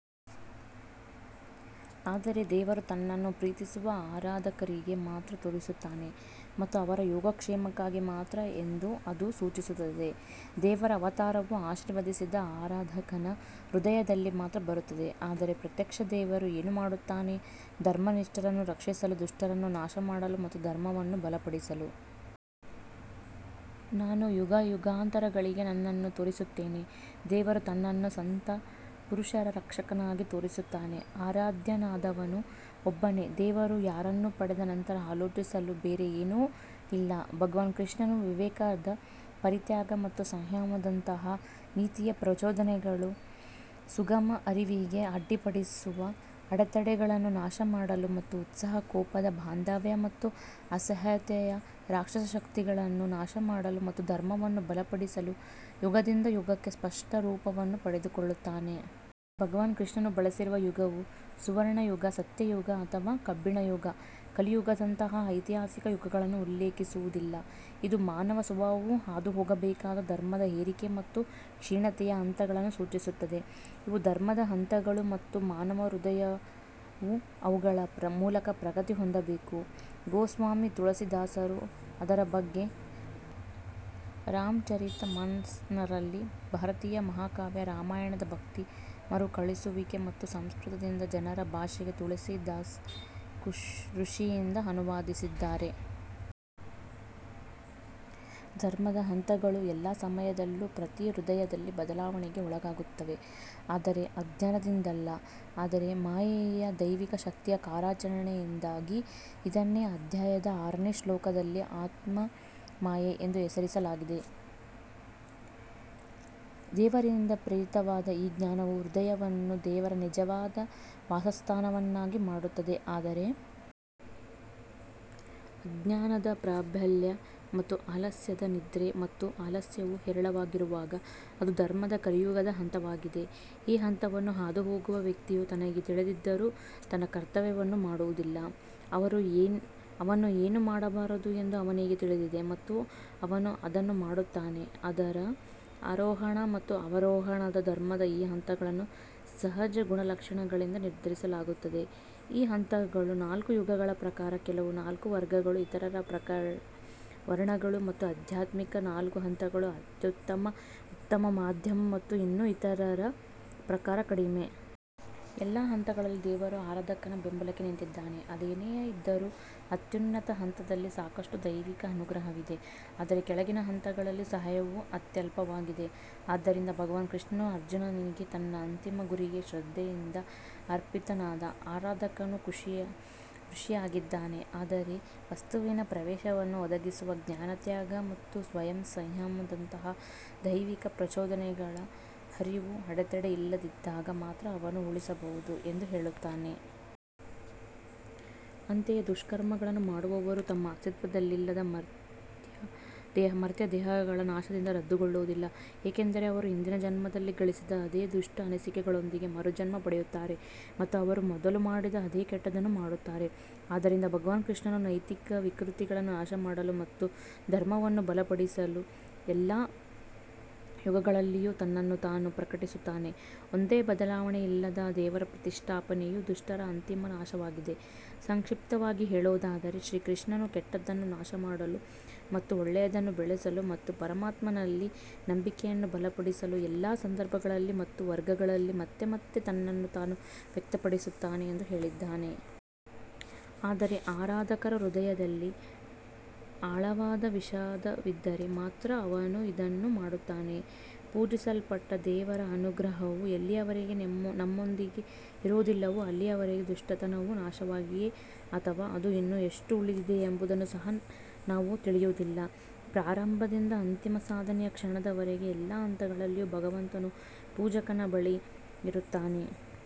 ಆದರೆ ದೇವರು ತನ್ನನ್ನು ಪ್ರೀತಿಸುವ ಆರಾಧಕರಿಗೆ ಮಾತ್ರ ತೋರಿಸುತ್ತಾನೆ ಮತ್ತು ಅವರ ಯೋಗಕ್ಷೇಮಕ್ಕಾಗಿ ಮಾತ್ರ ಎಂದು ಅದು ಸೂಚಿಸುತ್ತದೆ ದೇವರ ಅವತಾರವು ಆಶೀರ್ವದಿಸಿದ ಆರಾಧಕನ ಹೃದಯದಲ್ಲಿ ಮಾತ್ರ ಬರುತ್ತದೆ ಆದರೆ ಪ್ರತ್ಯಕ್ಷ ದೇವರು ಏನು ಮಾಡುತ್ತಾನೆ ಧರ್ಮನಿಷ್ಠರನ್ನು ರಕ್ಷಿಸಲು, ದುಷ್ಟರನ್ನು ನಾಶಮಾಡಲು ಮತ್ತು ಧರ್ಮವನ್ನು ಬಲಪಡಿಸಲು ನಾನು ಯುಗಯುಗಾಂತರಗಳಿಗೆ ನನ್ನನ್ನು ತೋರಿಸುತ್ತೇನೆ ದೇವರು ತನ್ನನ್ನು ಸಂತ ಪುರುಷರ ರಕ್ಷಕನಾಗಿ ತೋರಿಸುತ್ತಾನೆ ಆರಾಧ್ಯನಾದವನು ಒಬ್ಬನೇ ದೇವರು ಯಾರನ್ನು ಪಡೆದ ನಂತರ ಆಲೋಚಿಸಲು ಬೇರೆ ಏನೂ ಇಲ್ಲ ಭಗವಾನ್ ಕೃಷ್ಣನು ವಿವೇಕದ ಪರಿತ್ಯಾಗ ಮತ್ತು ಸಂಯಮದಂತಹ ನೀತಿಯ ಪ್ರಚೋದನೆಗಳ ಸುಗಮ ಹರಿವಿಗೆ ಅಡ್ಡಿಪಡಿಸುವ ಅಡೆತಡೆಗಳನ್ನು ನಾಶಮಾಡಲು ಮತ್ತು ಉತ್ಸಾಹ ಕೋಪದ ಬಾಂಧವ್ಯ ಮತ್ತು ಅಸಹ್ಯತೆಯ ರಾಕ್ಷಸ ಶಕ್ತಿಗಳನ್ನು ನಾಶಮಾಡಲು ಮತ್ತು ಧರ್ಮವನ್ನು ಬಲಪಡಿಸಲು ಯುಗದಿಂದ ಯುಗಕ್ಕೆ ಸ್ಪಷ್ಟ ರೂಪವನ್ನು ಪಡೆದುಕೊಳ್ಳುತ್ತಾನೆ. ಇಲ್ಲಿ ಭಗವಾನ್ ಕೃಷ್ಣನು ಬಳಸಿರುವ ಯುಗವು ಸುವರ್ಣಯುಗ ಸತ್ಯಯುಗ ಅಥವಾ ಕಬ್ಬಿಣಯುಗ ಕಲಿಯುಗದಂತಹ ಐತಿಹಾಸಿಕ ಯುಗಗಳನ್ನು ಉಲ್ಲೇಖಿಸುವುದಿಲ್ಲ. ಇದು ಮಾನವ ಸ್ವಭಾವವು ಹಾದುಹೋಗಬೇಕಾದ ಧರ್ಮದ ಏರಿಕೆ ಮತ್ತು ಕ್ಷೀಣತೆಯ ಹಂತಗಳನ್ನು ಸೂಚಿಸುತ್ತದೆ. ಇವು ಧರ್ಮದ ಹಂತಗಳು ಮತ್ತು ಮಾನವ ಹೃದಯವು ಅವುಗಳ ಮೂಲಕ ಪ್ರಗತಿ ಹೊಂದಬೇಕು ಗೋಸ್ವಾಮಿ ತುಳಸಿದಾಸರು ಅದರ ಬಗ್ಗೆ ರಾಮ್ ಚರಿತ್ ಮಾನಸ್ ರಲ್ಲಿ ಭಾರತೀಯ ಮಹಾಕಾವ್ಯ ರಾಮಾಯಣದ ಭಕ್ತಿ ಮರುಕಳಿಸುವಿಕೆ ಮತ್ತು ಸಂಸ್ಕೃತದಿಂದ ಜನರ ಭಾಷೆಗೆ ತುಳಸಿದಾಸ್ ಋಷಿಯಿಂದ ಅನುವಾದಿಸಿದ್ದಾರೆ. ಧರ್ಮದ ಹಂತಗಳು ಎಲ್ಲಾ ಸಮಯದಲ್ಲೂ ಪ್ರತಿ ಹೃದಯದಲ್ಲಿ ಬದಲಾವಣೆಗೆ ಒಳಗಾಗುತ್ತವೆ ಆದರೆ ಅಜ್ಞಾನದಿಂದಲ್ಲ ಆದರೆ ಮಾಯೆಯ ದೈವಿಕ ಶಕ್ತಿಯ ಕಾರ್ಯಾಚರಣೆಯಿಂದಾಗಿ. ಇದನ್ನೇ ಅಧ್ಯಾಯದ ಆರನೇ ಶ್ಲೋಕದಲ್ಲಿ ಆತ್ಮ ಮಾಯೆ ಎಂದು ಹೆಸರಿಸಲಾಗಿದೆ ದೇವರಿಂದ ಪ್ರೇರಿತವಾದ ಈ ಜ್ಞಾನವು ಹೃದಯವನ್ನು ದೇವರ ನಿಜವಾದ ವಾಸಸ್ಥಾನವನ್ನಾಗಿ ಮಾಡುತ್ತದೆ ಆದರೆ ಅಜ್ಞಾನದ ಪ್ರಾಬಲ್ಯ ಮತ್ತು ಆಲಸ್ಯದ ನಿದ್ರೆ ಮತ್ತು ಆಲಸ್ಯವು ಹೇರಳವಾಗಿರುವಾಗ ಅದು ಧರ್ಮದ ಕಲಿಯುಗದ ಹಂತವಾಗಿದೆ. ಈ ಹಂತವನ್ನು ಹಾದುಹೋಗುವ ವ್ಯಕ್ತಿಯು ತನಗೆ ತಿಳಿದಿದ್ದರೂ ತನ್ನ ಕರ್ತವ್ಯವನ್ನು ಮಾಡುವುದಿಲ್ಲ ಅವನು ಏನು ಮಾಡಬಾರದು ಎಂದು ಅವನಿಗೆ ತಿಳಿದಿದೆ ಮತ್ತು ಅವನು ಅದನ್ನು ಮಾಡುತ್ತಾನೆ ಅದರ ಆರೋಹಣ ಮತ್ತು ಅವರೋಹಣದ ಧರ್ಮದ ಈ ಹಂತಗಳನ್ನು ಸಹಜ ಗುಣಲಕ್ಷಣಗಳಿಂದ ನಿರ್ಧರಿಸಲಾಗುತ್ತದೆ ಈ ಹಂತಗಳು ನಾಲ್ಕು ಯುಗಗಳ ಪ್ರಕಾರ ಕೆಲವು ನಾಲ್ಕು ವರ್ಗಗಳು ಇತರರ ಪ್ರಕಾರ ವರ್ಣಗಳು ಮತ್ತು ಆಧ್ಯಾತ್ಮಿಕ ನಾಲ್ಕು ಹಂತಗಳು ಅತ್ಯುತ್ತಮ ಉತ್ತಮ ಮಧ್ಯಮ ಮತ್ತು ಇನ್ನೂ ಇತರರ ಪ್ರಕಾರ ಕಡಿಮೆ. ಎಲ್ಲಾ ಹಂತಗಳಲ್ಲಿ ದೇವರು ಆರಾಧಕನ ಬೆಂಬಲಕ್ಕೆ ನಿಂತಿದ್ದಾನೆ ಅದೇನೇ ಇದ್ದರೂ ಅತ್ಯುನ್ನತ ಹಂತದಲ್ಲಿ ಸಾಕಷ್ಟು ದೈವಿಕ ಅನುಗ್ರಹವಿದೆ ಆದರೆ ಕೆಳಗಿನ ಹಂತಗಳಲ್ಲಿ ಸಹಾಯವು ಅತ್ಯಲ್ಪವಾಗಿದೆ. ಆದ್ದರಿಂದ ಭಗವಾನ್ ಕೃಷ್ಣನು ಅರ್ಜುನನಿಗೆ ತನ್ನ ಅಂತಿಮ ಗುರಿಗೆ ಶ್ರದ್ಧೆಯಿಂದ ಅರ್ಪಿತನಾದ ಆರಾಧಕನು ಋಷಿಯಾಗಿದ್ದಾನೆ ಆದರೆ ವಸ್ತುವಿನ ಪ್ರವೇಶವನ್ನು ಒದಗಿಸುವ ಜ್ಞಾನತ್ಯಾಗ ಮತ್ತು ಸ್ವಯಂ ಸಂಯಮದಂತಹ ದೈವಿಕ ಪ್ರಚೋದನೆಗಳ ಹರಿವು ಅಡೆತಡೆಯಿಲ್ಲದಿದ್ದಾಗ ಮಾತ್ರ ಅವನು ಉಳಿಸಬಹುದು ಎಂದು ಹೇಳುತ್ತಾನೆ. ಅಂತೆಯೇ ದುಷ್ಕರ್ಮಗಳನ್ನು ಮಾಡುವವರು ತಮ್ಮ ಅಸ್ತಿತ್ವದಲ್ಲಿಲ್ಲದ ಮರ್ತ್ಯ ದೇಹಗಳ ನಾಶದಿಂದ ರದ್ದುಗೊಳ್ಳುವುದಿಲ್ಲ ಏಕೆಂದರೆ ಅವರು ಹಿಂದಿನ ಜನ್ಮದಲ್ಲಿ ಗಳಿಸಿದ ಅದೇ ದುಷ್ಟ ಅನಿಸಿಕೆಗಳೊಂದಿಗೆ ಮರುಜನ್ಮ ಪಡೆಯುತ್ತಾರೆ ಮತ್ತು ಅವರು ಮೊದಲು ಮಾಡಿದ ಅದೇ ಕೆಟ್ಟದ್ದನ್ನು ಮಾಡುತ್ತಾರೆ. ಆದ್ದರಿಂದ ಭಗವಾನ್ ಕೃಷ್ಣನು ನೈತಿಕ ವಿಕೃತಿಗಳನ್ನು ನಾಶಮಾಡಲು ಮತ್ತು ಧರ್ಮವನ್ನು ಬಲಪಡಿಸಲು ಎಲ್ಲಾ ಯುಗಗಳಲ್ಲಿಯೂ ತನ್ನನ್ನು ತಾನು ಪ್ರಕಟಿಸುತ್ತಾನೆ ಒಂದೇ ಬದಲಾವಣೆಯಿಲ್ಲದ ದೇವರ ಪ್ರತಿಷ್ಠಾಪನೆಯು ದುಷ್ಟರ ಅಂತಿಮ ನಾಶವಾಗಿದೆ ಸಂಕ್ಷಿಪ್ತವಾಗಿ ಹೇಳುವುದಾದರೆ, ಶ್ರೀಕೃಷ್ಣನು ಕೆಟ್ಟದ್ದನ್ನು ನಾಶಮಾಡಲು ಮತ್ತು ಒಳ್ಳೆಯದನ್ನು ಬೆಳೆಸಲು ಮತ್ತು ಪರಮಾತ್ಮನಲ್ಲಿ ನಂಬಿಕೆಯನ್ನು ಬಲಪಡಿಸಲು ಎಲ್ಲಾ ಸಂದರ್ಭಗಳಲ್ಲಿ ಮತ್ತು ವರ್ಗಗಳಲ್ಲಿ ಮತ್ತೆ ಮತ್ತೆ ತನ್ನನ್ನು ತಾನು ವ್ಯಕ್ತಪಡಿಸುತ್ತಾನೆ ಎಂದು ಹೇಳಿದ್ದಾನೆ. ಆದರೆ ಆರಾಧಕರ ಹೃದಯದಲ್ಲಿ ಆಳವಾದ ವಿಷಾದವಿದ್ದರೆ ಮಾತ್ರ ಅವನು ಇದನ್ನು ಮಾಡುತ್ತಾನೆ ಪೂಜಿಸಲ್ಪಟ್ಟ ದೇವರ ಅನುಗ್ರಹವು ಎಲ್ಲಿಯವರೆಗೆ ನಮ್ಮೊಂದಿಗೆ ಇರುವುದಿಲ್ಲವೋ ಅಲ್ಲಿಯವರೆಗೆ ದುಷ್ಟತನವು ನಾಶವಾಗಿದೆಯೇ ಅಥವಾ ಅದು ಇನ್ನೂ ಎಷ್ಟು ಉಳಿದಿದೆ ಎಂಬುದನ್ನು ಸಹ ನಾವು ತಿಳಿಯುವುದಿಲ್ಲ. ಪ್ರಾರಂಭದಿಂದ ಅಂತಿಮ ಸಾಧನೆಯ ಕ್ಷಣದವರೆಗೆ ಎಲ್ಲಾ ಹಂತಗಳಲ್ಲಿಯೂ ಭಗವಂತನು ಪೂಜಕನ ಬಳಿ ಇರುತ್ತಾನೆ।